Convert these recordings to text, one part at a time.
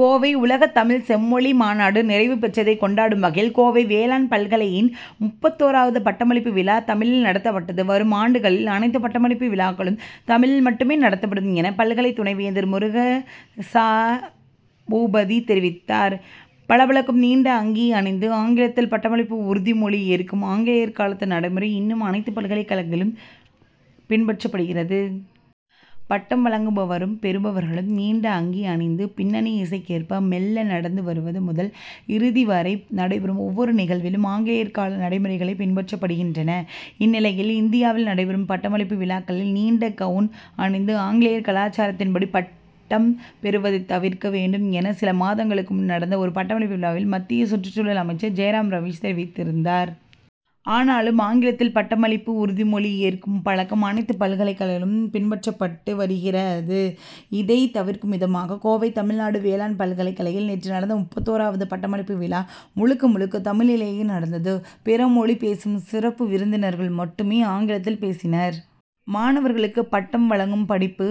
கோவை உலகத் தமிழ்ச் செம்மொழி மாநாடு நிறைவு பெற்றதை கொண்டாடும் வகையில், கோவை வேளாண் பல்கலையின் முப்பத்தோரவது பட்டமளிப்பு விழா தமிழில் நடத்தப்பட்டது. வரும் ஆண்டுகளில் அனைத்து பட்டமளிப்பு விழாக்களும் தமிழில் மட்டுமே நடத்தப்படும் என, பல்கலை துணைவேந்தர் முருகேசபூபதி தெரிவித்தார். பளபளக்கும் நீண்ட அங்கி அணிந்து ஆங்கிலத்தில் பட்டமளிப்பு உறுதிமொழி ஏற்கும் ஆங்கிலேயர் காலத்து நடைமுறை, இன்னும் அனைத்து பல்கலைகளிலும் பின்பற்றப்படுகிறது. பட்டம் வழங்குபவரும், பெறுபவர்களும் நீண்ட அங்கி அணிந்து பின்னணி இசைக்கேற்ப மெள்ள நடந்து வருவது முதல், இறுதி வரை நடைபெறும் ஒவ்வொரு நிகழ்விலும் ஆங்கிலேயர் கால நடைமுறைகளே பின்பற்றப்படுகின்றன. இந்நிலையில், இந்தியாவில் நடைபெறும் பட்டமளிப்பு விழாக்களில் நீண்ட கவுன் அணிந்து ஆங்கிலேயர் கலாச்சாரத்தின்படி பட்டம் பெறுவதை தவிர்க்க வேண்டும் என, சில மாதங்களுக்கு முன் நடந்த ஒரு பட்டமளிப்பு விழாவில் மத்திய சுற்றுச்சூழல் அமைச்சர் ஜெய்ராம்ரமேஷ் தெரிவித்திருந்தார். ஆனாலும் ஆங்கிலத்தில் பட் டமளிப்பு உறுதிமொழி ஏற் கும் பழக்கம் அனைத்து பல்கலை களிலும் பின்பற்றப்பட்டு வருகிற. இதை தவிர்க்கும் விதமாக, கோவை தமிழ்நாடு வேளாண் பல்கலையில் நேற்று நடந்த முப்பத்தோராவது பட்டமளிப்பு விழா, முழுக்க முழுக்க தமிழிலேயே நடந்தது. பிற மொழி பேசும் சிறப்பு விருந்தினர்கள் மட்டுமே ஆங்கிலத்தில் பேசினர். மாணவர்களுக்கு பட்டம் வழங்கும் படிப்பு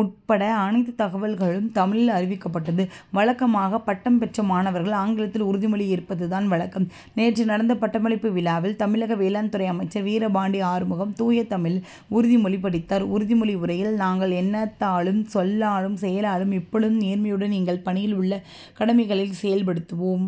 உட்பட அனைத்து தகவல்களும் தமிழில் அறிவிக்கப்பட்டது. வழக்கமாக, பட்டம் பெற்ற மாணவர்கள் ஆங்கிலத்தில் உறுதிமொழி ஏற்பதுதான் வழக்கம். நேற்று நடந்த பட்டமளிப்பு விழாவில், தமிழக வேளாண் துறை அமைச்சர் வீரபாண்டி ஆறுமுகம் தூய தமிழில் உறுதி மொழி படித்தார். உறுதிமொழி உரையில் நாங்கள் எண்ணத்தாலும் சொல்லாலும், செயலாலும் எப்பொழுதும் நேர்மையுடன் எங்கள் பணியில் உள்ள கடமைகளைச் செயல்படுத்துவோம்.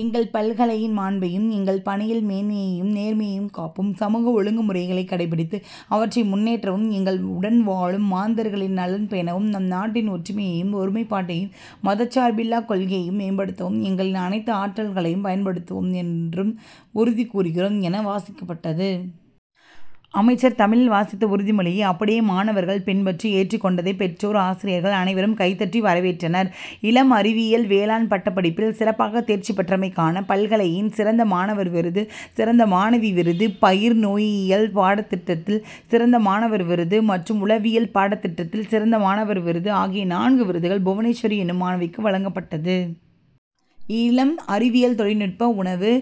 எங்கள் பல்கலையின் மாண்பையும், எங்கள் பணியில் மேன்மையையும், நேர்மையையும் காப்போம். சமூக ஒழுங்குமுறைகளை கடைபிடித்து அவற்றை முன்னேற்றவும், எங்கள் உடன் வாழும் மாந்தர்களின் நலம் பேணவும், நம் நாட்டின் ஒற்றுமையையும், ஒருமைப்பாட்டையும் மதசார்பில்லா கொள்கையையும் மேம்படுத்தவும், எங்களின் அனைத்து ஆற்றல்களையும் பயன்படுத்துவோம் என்றும் உறுதி கூறுகிறோம் என, வாசிக்கப்பட்டது. அமைச்சர் தமிழில் வாசித்த உறுதிமொழியை அப்படியே மாணவர்கள் பின்பற்றி ஏற்றுக் கொண்டதை பெற்றோர், ஆசிரியர்கள் அனைவரும் கைதட்டி வரவேற்றனர். இளம் அறிவியல் வேளாண் பட்டப்படிப்பில் சிறப்பாக தேர்ச்சி பெற்றமைக்கான பல்கலையின் சிறந்த மாணவர் விருது, சிறந்த மாணவி விருது, பயிர் நோயியல் பாடத் திட்டத்தில் சிறந்த மாணவர் விருது மற்றும் உழவியல் பாடத்திட்டத்தில் சிறந்த மாணவர் விருது ஆகிய நான்கு விருதுகள் புவனேஸ்வரி எனும் மாணவிக்கு வழங்கப்பட்டது. இளம் அறிவியல் தொழில் நுட்ப, உணவு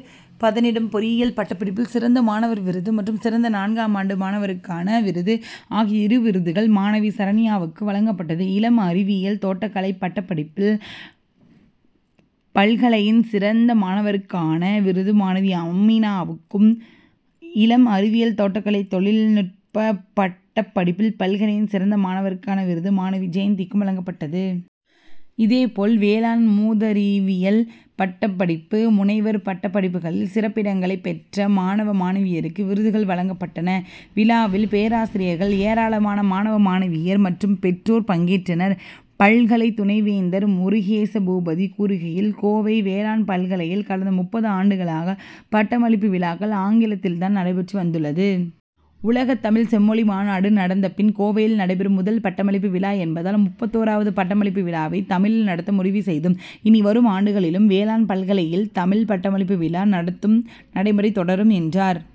பதனிடும் பொறியியல் பட்டப்படிப்பில் சிறந்த மாணவர் விருது மற்றும் சிறந்த நான்காம் ஆண்டு மாணவருக்கான விருது ஆகிய இரு விருதுகள் மாணவி சரண்யாவுக்கு வழங்கப்பட்டது. இளம் அறிவியல் தோட்டக்கலை பட்டப்படிப்பில் பல்கலையின் சிறந்த மாணவருக்கான விருது மாணவி அமீனாவுக்கும், இளம் அறிவியல் தோட்டக்கலை தொழில் நுட்பப் பட்டப் படிப்பில் பல்கலையின் சிறந்த மாணவருக்கான விருது மாணவி ஜெயந்திக்கும் வழங்கப்பட்டது. இதே போல் வேளாண் மூதறிவியல் பட்டப்படிப்பு, முனைவர் பட்டப்படிப்புகளில் சிறப்பிடங்களை பெற்ற மாணவ, மாணவியருக்கு விருதுகள் வழங்கப்பட்டன. விழாவில், பேராசிரியர்கள், ஏராளமான மாணவ, மாணவியர் மற்றும் பெற்றோர் பங்கேற்றனர். பல்கலை துணைவேந்தர் முருகேசபூபதி கூறுகையில், கோவை வேளாண் பல்கலையில் கடந்த முப்பது ஆண்டுகளாக பட்டமளிப்பு விழாக்கள் ஆங்கிலத்தில்தான் நடைபெற்று வந்துள்ளது. உலகத் தமிழ்ச் செம்மொழி மாநாடு நடந்த பின் கோவையில் நடைபெறும் முதல் பட்டமளிப்பு விழா என்பதால், முப்பத்தோராவது பட்டமளிப்பு விழாவை தமிழில் நடத்த முடிவு செய்தோம். இனி வரும் ஆண்டுகளிலும் வேளாண் பல்கலையில் தமிழில் பட்டமளிப்பு விழா நடத்தும் நடைமுறை தொடரும், என்றார்.